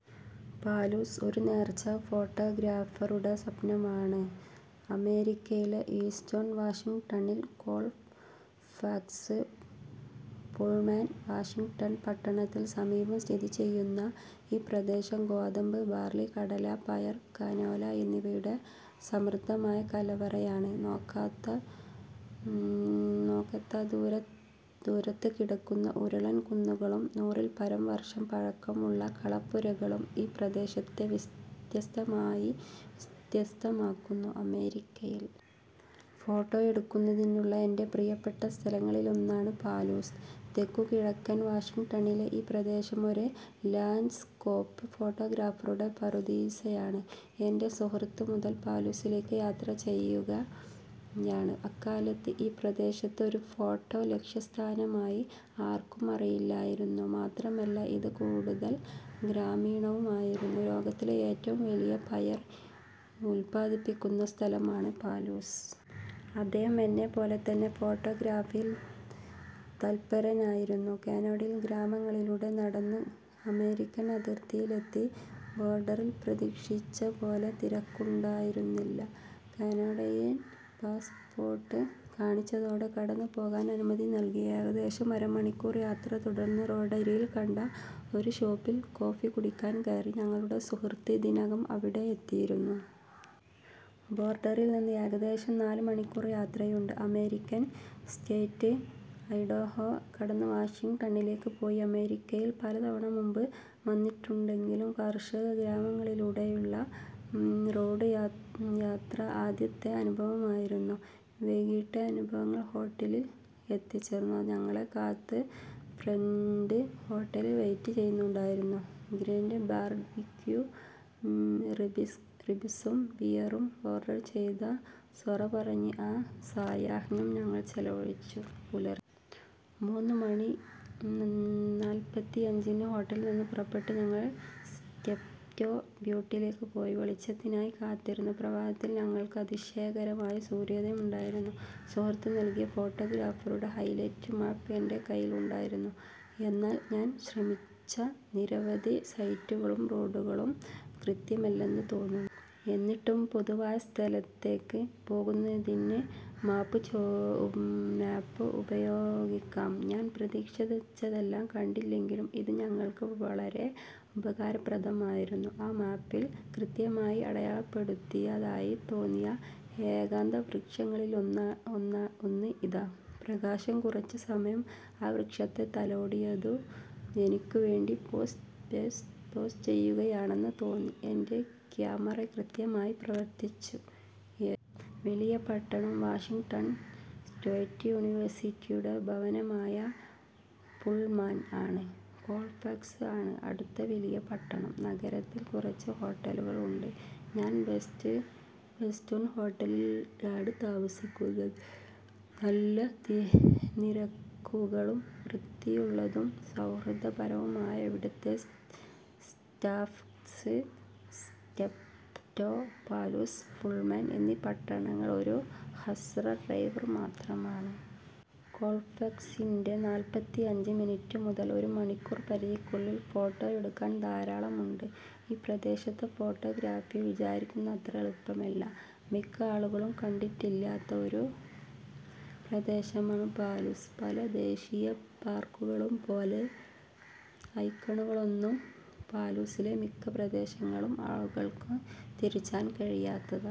Palouse ഒരു nature ഫോട്ടോഗ്രാഫറുടെ സ്വപ്നമാണ്. അമേരിക്കയിലെ ഈസ്റ്റേൺ വാഷിംഗ്ടണിൽ കോൾഫാക്സ്, പുൾമാൻ വാഷിംഗ്ടൺ പട്ടണങ്ങൾക്ക് സമീപം സ്ഥിതിചെയ്യുന്ന ഈ പ്രദേശം ഗോതമ്പ്, ബാർലി, കടല, പയർ, കനോല എന്നിവയുടെ സമൃദ്ധമായ കലവറയാണ്. നോക്കെത്താ ദൂരത്തുകിടക്കുന്ന ഉരുളൻ കുന്നുകളും നൂറിൽപരം വർഷം പഴക്കമുള്ള കളപ്പുരകളും ഈ പ്രദേശത്തെ വ്യത്യസ്തമായി വ്യത്യസ്തമാക്കുന്നു. അമേരിക്കയിൽ ഫോട്ടോ എടുക്കുന്നതിനുള്ള എൻ്റെ പ്രിയപ്പെട്ട സ്ഥലങ്ങളിലൊന്നാണ് പാലൂസ്. തെക്കുകിഴക്കൻ വാഷിംഗ്ടണിലെ ഈ പ്രദേശം ഒരു ലാൻഡ്സ്കേപ്പ് ഫോട്ടോഗ്രാഫറുടെ പറുദീസയാണ്. എൻ്റെ സുഹൃത്ത് മുതൽ പാലൂസിലേക്ക് യാത്ര ചെയ്യുകയാണ്. അക്കാലത്ത് ഈ പ്രദേശത്തെ ഒരു ഫോട്ടോ ലക്ഷ്യസ്ഥാനമായി ആർക്കും അറിയില്ലായിരുന്നു. മാത്രമല്ല ഇത് കൂടുതൽ ഗ്രാമീണവുമായിരുന്നു. ലോകത്തിലെ ഏറ്റവും വലിയ പയർ ഉത്പാദിപ്പിക്കുന്ന സ്ഥലമാണ് പാലൂസ്. അദ്ദേഹവും എന്നെപ്പോലെ തന്നെ ഫോട്ടോഗ്രാഫിയിൽ തൽപരനായിരുന്നു. കനേഡിയൻ ഗ്രാമങ്ങളിലൂടെ കടന്ന് അമേരിക്കൻ അതിർത്തിയിലെത്തി. ബോർഡറിൽ പ്രതീക്ഷിച്ചപോലെ തിരക്കുണ്ടായിരുന്നില്ല. കനേഡിയൻ പാസ്പോർട്ട് കാണിച്ചതോടെ കടന്നുപോകാൻ അനുമതി നൽകി. ഏകദേശം അര മണിക്കൂർ യാത്ര തുടർന്നു. റോഡരികിൽ കണ്ട ഒരു ഷോപ്പിൽ കോഫി കുടിക്കാൻ കയറി. ഞങ്ങളുടെ സുഹൃത്ത് ഇതിനകം അവിടെ എത്തിയിരുന്നു. ബോർഡറിൽ നിന്ന് ഏകദേശം നാല് മണിക്കൂർ യാത്രയുണ്ട്. അമേരിക്കൻ സ്റ്റേറ്റ് ഐഡഹോ കടന്ന് വാഷിംഗ്ടണിലേക്ക് പോയി. അമേരിക്കയിൽ പലതവണ മുമ്പ് വന്നിട്ടുണ്ടെങ്കിലും കർഷക ഗ്രാമങ്ങളിലൂടെയുള്ള റോഡ് യാത്ര ആദ്യത്തെ അനുഭവമായിരുന്നു. വൈകിട്ടോടെ ഞങ്ങൾ ഹോട്ടലിൽ എത്തിച്ചേർന്നു. ഞങ്ങളെ കാത്ത് ഫ്രണ്ട് ഹോട്ടലിൽ വെയിറ്റ് ചെയ്യുന്നുണ്ടായിരുന്നു. ഗ്രിൽഡ് ബാർബിക്യു റിബ്സും ബിയറും ഓർഡർ ചെയ്ത് സൊറ പറഞ്ഞ് ആ സായാഹ്നം ഞങ്ങൾ ചെലവഴിച്ചു. പുലർ മൂന്ന് മണി നാൽപ്പത്തിയഞ്ചിന് ഹോട്ടലിൽ നിന്ന് പുറപ്പെട്ട് ഞങ്ങൾ സ്റ്റെപ്റ്റോ ബ്യൂട്ടിലേക്ക് പോയി വെളിച്ചത്തിനായി കാത്തിരുന്നു. പ്രഭാതത്തിൽ ഞങ്ങൾക്ക് അതിശയകരമായ സൂര്യോദയം ഉണ്ടായിരുന്നു. സുഹൃത്ത് നൽകിയ ഫോട്ടോഗ്രാഫറുടെ ഹൈലൈറ്റ് മാപ്പ് എൻ്റെ കയ്യിൽ ഉണ്ടായിരുന്നു. എന്നാൽ ഞാൻ ശ്രമിച്ച നിരവധി സൈറ്റുകളും റോഡുകളും കൃത്യമല്ലെന്ന് തോന്നുന്നു. എന്നിട്ടും പൊതുവായ സ്ഥലത്തേക്ക് പോകുന്നതിന് മാപ്പ് ഉപയോഗിക്കാം. ഞാൻ പ്രതീക്ഷിച്ചതെല്ലാം കണ്ടില്ലെങ്കിലും ഇത് ഞങ്ങൾക്ക് വളരെ ഉപകാരപ്രദമായിരുന്നു.ആ മാപ്പിൽ കൃത്യമായി അടയാളപ്പെടുത്തിയതായി തോന്നിയ ഏകാന്ത വൃക്ഷങ്ങളിലൊന്ന് ഇതാ. പ്രകാശം കുറച്ചുസമയം ആ വൃക്ഷത്തെ തലോടിയതു എനിക്ക് വേണ്ടി പോസ് ചെയ്യുകയാണെന്ന് തോന്നി. എൻ്റെ ക്യാമറ കൃത്യമായി പ്രവർത്തിച്ചു. ഏറ്റവും വലിയ പട്ടണം വാഷിംഗ്ടൺ സ്റ്റേറ്റ് യൂണിവേഴ്സിറ്റിയുടെ ഭവനമായ പുൾമാൻ ആണ്. കോൾഫാക്സ് ആണ് അടുത്ത വലിയ പട്ടണം. നഗരത്തിൽ കുറച്ച് ഹോട്ടലുകൾ ഉണ്ട്. ഞാൻ ബെസ്റ്റ് വെസ്റ്റേൺ ഹോട്ടലിലാണ് താമസിക്കുന്നത്. നല്ല നിരക്കുകളും വൃത്തിയുള്ളതും സൗഹൃദപരവുമാണ് ഇവിടുത്തെ സ്റ്റാഫ്സ്. സ്റ്റെപ്റ്റോ, പാലൂസ്, പുൾമാൻ എന്നീ പട്ടണങ്ങൾ ഒരു ഹ്രസ്വ ഡ്രൈവ് മാത്രമാണ്. കോൾഫാക്സിൻ്റെ നാൽപ്പത്തിയഞ്ച് മിനിറ്റ് മുതൽ ഒരു മണിക്കൂർ പരിധിക്കുള്ളിൽ ഫോട്ടോ എടുക്കാൻ ധാരാളം ഉണ്ട്.ഈ പ്രദേശത്തെ ഫോട്ടോഗ്രാഫി വിചാരിക്കുന്നത്ര എളുപ്പമല്ല. മിക്ക ആളുകളും കണ്ടിട്ടില്ലാത്ത ഒരു പ്രദേശമാണ് പാലൂസ്. പല ദേശീയ പാർക്കുകളും പോലെ ഐക്കണുകളൊന്നുമില്ല. പാലൂസിലെ മിക്ക പ്രദേശങ്ങളും ആളുകൾക്ക് തിരിച്ചറിയാൻ കഴിയാത്തതാണ്.